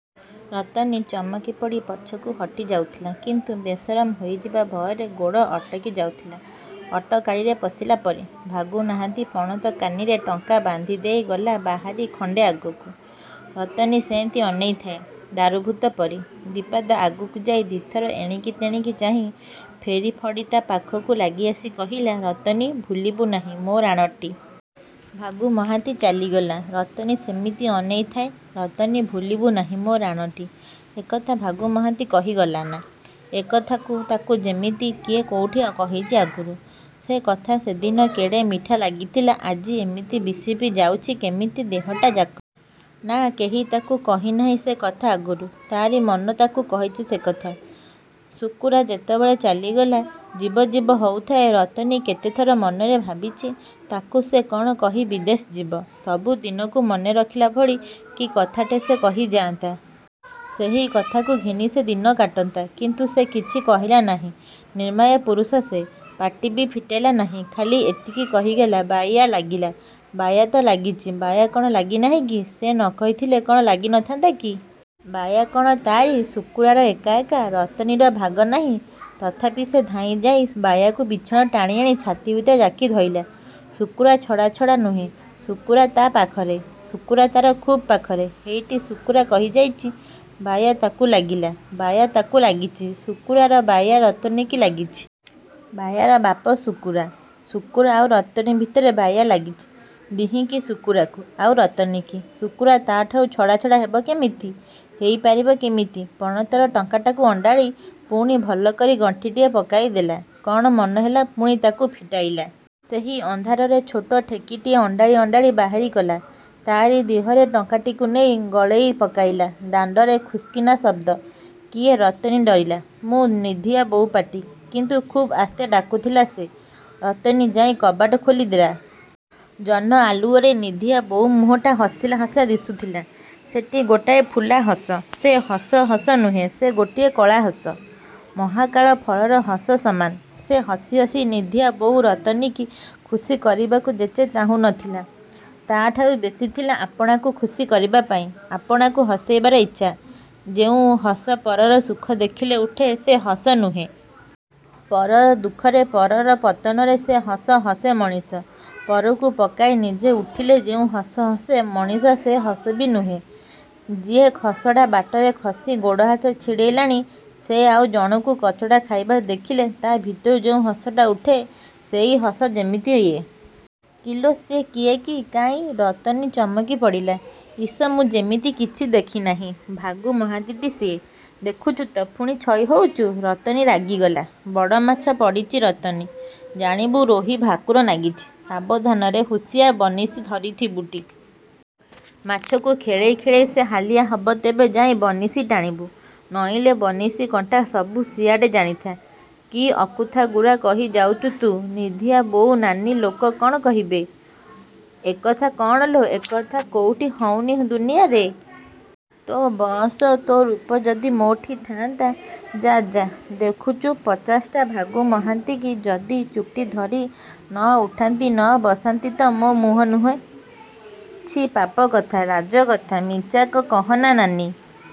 ରତନୀ ଚମକି ପଡ଼ି ପଛକୁ ହଟି ଯାଉଥିଲା। କିନ୍ତୁ ବେସରମ ''ହେଇଯିବା ଭୟରେ ଗୋଡ଼ ଅଟକି ଯାଉଥିଲା–ଅଟକାଳିରେ ପଶିଲାପରି। ଭାଗୁ ମହାନ୍ତି ପଣତ କାନିରେ ଟଙ୍କା ବାନ୍ଧି ଦେଇ ଗଲା ବାହାରି ଖଣ୍ଡେ ଆଗକୁ, ରତନୀ ସେମିତି ଅନେଇ ଥାଏ–ଦାରୁଭୂତ ପରି। ଦିପାଦ ଆଗକୁ ଯାଇ ଦି'ଥର ଏଣିକି ତେଣିକି ଚାହିଁ–ଫେରିପଡ଼ି ତା' ପାଖକୁ ଲାଗିଆସି କହିଲା–''ରତନୀ ଭୁଲିବୁ ନାହିଁ–ମୋ ରାଣଟି। '' ଭାଗୁ ମହାନ୍ତି ଚାଲିଗଲା। ରତନୀ ସେମିତି ଅନେଇ ଥାଏ, ''ରତନୀ, ଭୁଲିବୁ ନାହିଁ, ମୋ ରାଣଟି! '' ଏକଥା ଭାଗୁ ମହାନ୍ତି କହିଗଲାନା! ଏଇ କଥା ତାକୁ ଯେମିତି କିଏ କୋଉଠି କହିଚି ଆଗରୁ। ସେ କଥା ସେ ଦିନ କେଡ଼େ ମିଠା ଲାଗିଥିଲା–ଆଜି ଏମିତି ବିଷର୍ପି ଯାଉଚି କିମିତି ଦେହଟାଯାକରେ। ନା, କେହି ତାକୁ କହିନାହିଁ ସେ କଥା ଆଗରୁ। ତା'ରି ମନ ତାକୁ କହିଛି ସେ କଥା। ଶୁକୁରା ଯେତେବେଳେ ଚାଲିଗଲା–ଯିବ, ଯିବ ହେଉଥାଏ–ରତନୀ କେତେଥର ମନରେ ଭାବିଛି–ତାକୁ ସେ କ'ଣ କହି ବିଦେଶ ଯିବ। ସବୁ ଦିନକୁ ମନେ ରଖିଲା ଭଳି କି କଥାଟେ ସେ କହିଯାନ୍ତା। ସେଇ କଥାକୁ ଘେନି ସେ ଦିନ କାଟନ୍ତା। କିନ୍ତୁ ସେ କିଛି କହିଲା ନାହିଁ। ନିର୍ମାୟା ପୁରୁଷ ସେ। ପାଟିବି ଫିଟେଇଲା ନାହିଁ। ଖାଲି ଏତିକି କହିଗଲା–ବାଇୟା ଲାଗିଲା। ବାୟା ତ ଲାଗିଚି–ବାୟା କ'ଣ ଲାଗିନାହିଁ କି। ସେ ନକହିଥିଲେ କ'ଣ ଲାଗି ନ ଥାନ୍ତିକି। ବାୟା କ'ଣ ତା'ରି–ଶୁକୁରାର ଏକା ଏକା–ରତନୀର ଭାଗ ନାହିଁ। ତଥାପି ସେ ଧାଇଁ ଯାଇଁ ବାୟାକୁ ବିଛଣାକୁ ଟାଣିଆଣି ଛାତି ଭିତରେ ଯାକି ଧଇଲା। ଶୁକୁରା ଛଡ଼ା ଛଡ଼ା ନୁହେଁ। ଶୁକୁରା ତା' ପାଖରେ। ଶୁକୁରା ତା'ର ଖୁବ୍ ପାଖରେ। ହେଇଟି ଶୁକୁରା କହିଯାଇଚି–ବାଇୟା ତାକୁ ଲାଗିଲା–ବାୟା ତାକୁ ଲାଗିଚି–ଶୁକୁରାର ବାଇୟା ରତନୀକି ଲାଗିଛି। ବାଇୟାର ବାପ ଶୁକୁରା। ଶୁକୁରା ଆଉ ରତନୀ ଭିତରେ ବାଇୟା ଲାଗିଛି–ଦିହିଁଙ୍କି–ଶୁକୁରାକୁ, ଆଉ ରତନୀକି। ଶୁକୁରା ତା'ଠୁ ଛଡ଼ା ଛଡ଼ା ହେବ କିମିତି? ହେଇ ପାରିବ କିମିତି? ପଣତର ଟଙ୍କାଟାକୁ ଅଣ୍ଡାଳି–ପୁଣି ଭଲ କରି ଗଣ୍ଠିଟାଏ ପକେଇ ଦେଲା। କ'ଣ ମନହେଲା ପୁଣି ତାକୁ ପିଟେଇଲା। ସେଇ ଅନ୍ଧାରରେ ଛୋଟ ଠେକିଟିଏ ଅଣ୍ଡାଳି ଅଣ୍ଡାଳି ବାହାରିକଲା। ତା'ରି ଦିହରେ ଟଙ୍କାଟିକୁ ନେଇ ଗଳେଇ ପକେଇଲା। ଦାଣ୍ଡରେ ଖୁସ୍କିନା ଶବ୍ଦ। କିଏ! ରତନୀ ଡରିଲା। ''ମୁଁ! '' ନିଧିଆ ବୋଉ ପାଟି। କିନ୍ତୁ ଖୁବ୍ ଆସ୍ତେ–ଡାକୁଥିଲା ସେ। ରତନୀ ଯାଇ କବାଟ ଖୋଲି ଦେଲା। ଜହ୍ନ ଆଲୁଅରେ ନିଧିଆ ବୋଉ ମୁହଁଟା ହସିଲା ହସିଲା ଦିଶୁଥିଲା। ସେଠି ଗୋଟାଏ ଫୁଲା ହସ। ସେ ହସ, ହସ ନୁହେ–ସେ ଗୋଟାଏ କଳାହସ–ମହାକାଳଫଳର ହସ ସମାନ। ସେ ହସ ହସି ନିଧିଆ ବୋଉ ରତନୀକି ଖୁସି କରିବାକୁ ଯେତେ ଚାହୁଁ ନଥିଲା, ତା'ଠୁ ବେଶିଥିଲା ଆପଣାକୁ ଖୁସି କରିବାପାଇଁ–ଆପଣାକୁ ହସେଇବାର ଇଚ୍ଛା, ଯେଉଁ ହସ ପରର ସୁଖ ଦେଖିଲେ ଉଠେ, ସେ ହସ ନୁହେଁ। ପରର ଦୁଃଖରେ, ପରର ପତନରେ ସେ ହସ ହସେ ମଣିଷ। ପରକୁ ପକେଇ ନିଜେ ଉଠିଲେ ଯେଉଁ ହସ ହସେ, ମଣିଷ ସେ ହସବି ନୁହେଁ, ଯିଏ ଖସଡ଼ାବାଟରେ ଖସି ଗୋଡ଼ହାତ ଛିଡ଼େଇଲାଣି, ସେ ଆଉ ଜଣକୁ କଚଡ଼ା ଖାଇବାର ଦେଖିଲେ ତା' ଭିତରୁ ଯେଉଁ ହସଟା ଉଠେ, ସେଇ ହସ ଯିମିତି ଏ। ''କିଲୋ, ସେ କିଏ କି? '' ''କାହିଁ! '' ରତନୀ ଚମକି ପଡ଼ିଲା। ''ଇସ ମୁଁ ଯିମିତି କିଛି ଦେଖିନାହିଁ–ଭାଗୁ ମହାନ୍ତିଟି ସିଏ! '' ''ଦେଖିଛୁ ତ, ପୁଣି ଛଇ ହଉଚୁ? '' ରତନୀ ରାଗିଗଲା। ''ବଡ଼ ମାଛ ପଡ଼ିଛି ରତନୀ, ଜାଣିବୁ ରୋହି ଭାକୁର ନାଗିଚି–ସାବଧାନରେ ହୁସିଆରେ ବନଶୀ ଧରିଥିବୁଟି! ମାଛକୁ ଖେଳେଇ ଖେଳେଇ ସେ ହାଲିଆ ହବ ତେବେ ଯାଇଁ ବନଶୀ ଟାଣିବୁ-। ନଇଲେ ବନଶୀ, କଣ୍ଟା ସବୁ ସିଆଡ଼େ–ଜାଣିଥା। '' ''କି ଅକଥାଗୁରା କହି ଯାଉଚୁ ତୁ ନିଧିଆ ବୋଉ ନାନୀ ଲୋକେ କ'ଣ କହିବେ। '' ''ଅକଥା କ'ଣଲୋ? ଏକଥା କୋଉଠି ହଉନି ଦୁନିଆରେ? ''ତୋ ବଅସ, ତୋ ରୂପ ଯଦି ମୋଠି ଥାଆନ୍ତା–ଯା ଯା–ଦେଖଛୁ ପଚାଶଟା ଭାଗୁ ମହାନ୍ତିଙ୍କି ଯଦି ଚୁଟି ଧରି ନ ଉଠାନ୍ତି ନ ବସାନ୍ତି ତ ମୋ ମୁହଁ ନୁହେଁ। '' ''ଛି ପାପ କଥା; ଲାଜ କଥା ମିଞ୍ଚାକ କହନା ନାନୀ।